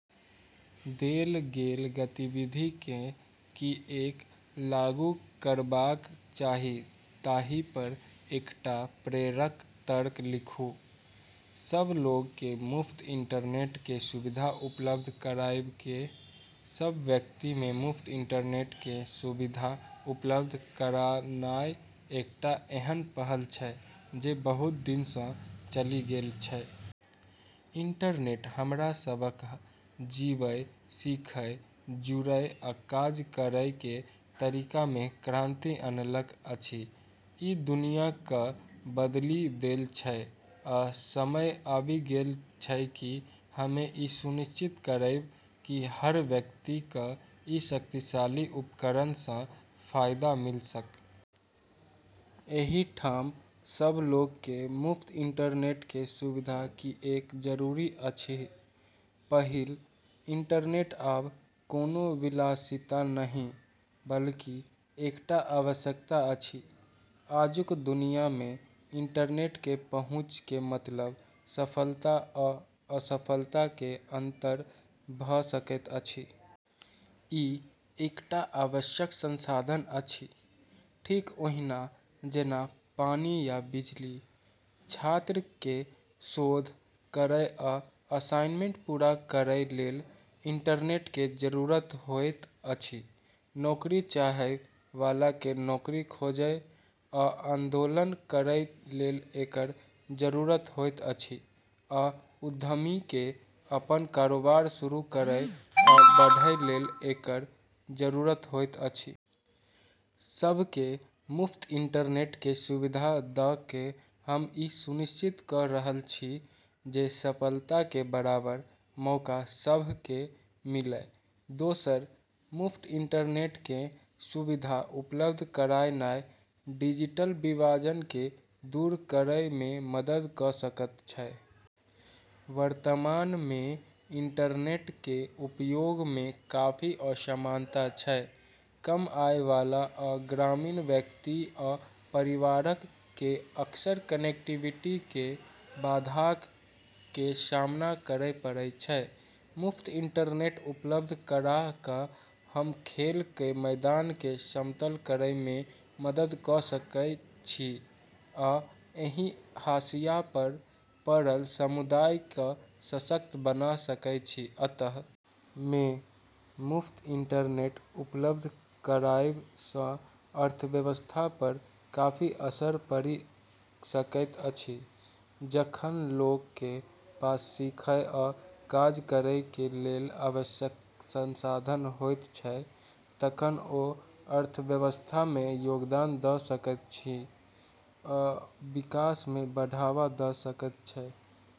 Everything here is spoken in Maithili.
देल गेल गतिविधि कें किएक लागू करबाक चाही ताहि पर एकटा प्रेरक तर्क लिखू। सब लोक के मुफ्त इंटरनेट के सुविधा उपलब्ध कराबय के। सब व्यक्ति कें मुफ्त इंटरनेट कें सुविधा उपलब्ध करानाय एकटा एहन पहल छै जे बहुत दिन सँ चलि गेल छै। इंटरनेट हमरा सबहक जीबय, सीखय, जुड़य, आ काज करय के तरीका मे क्रांति अनलक अछि। ई दुनिया क बदली देल छै, आ समय आबि गेल छै कि हम्में ई सुनिश्चित करबै कि हर व्यक्ति क ई शक्तिशाली उपकरण सँ फायदा मिल सक। एहि ठाम सब लोक के मुफ्त इंटरनेट के सुविधा किएक जरूरी अछि: पहिल, इंटरनेट आब कोनो विलासिता नहि, बल्कि एकटा आवश्यकता अछि। आजुक दुनिया मे इंटरनेट के पहुंच के मतलब सफलता आ असफलता के अंतर भ सकैत अछि। ई एकटा आवश्यक संसाधन अछि, ठीक ओहिना जेना पानि या बिजली। छात्र के शोध करय आ असाइनमेंट पूरा करय लेल इंटरनेट के जरूरत होएत अछि। नौकरी चाहय वाला के नौकरी खोजय आ आवेदन करय लेल एकर जरूरत होएत अछि आ उद्यमी के अपन कारोबार शुरू करय आ बढ़य लेल एकर जरूरत होएत अछि। सबके मुफ्त इंटरनेट के सुविधा द क हम ई सुनिश्चित क रहल छी जे सफलता के बराबर मौका सभ के मिलय। दोसर, मुफ्त इंटरनेट कें सुविधा उपलब्ध करानाय डिजिटल विभाजन कें दूर करय मे मदद क सकय छै। वर्तमान मे इंटरनेट कें उपयोग मे काफी असमानता छै। कम आय वाला आ ग्रामीण व्यक्ति आ परिवारक कें अक्सर कनेक्टिविटी कें बाधाक कें सामना करय पड़य छै। मुफ्त इंटरनेट उपलब्ध करा क हम खेल के मैदान के समतल करय मे मदद क सकय छी आ एहि हाशिया पर पड़ल समुदाय के सशक्त बना सकय छी। अंत मे, मुफ्त इंटरनेट उपलब्ध कराबय सं अर्थव्यवस्था पर काफी असर पड़ि सकैत अछि। जखन लोक कें पास सीखय आ काज करय कें लेल आवश्यक संसाधन होयत छै तखन ओ अर्थव्यवस्था मे योगदान द सकय छै आ विकास कें बढ़ावा द सकय छै।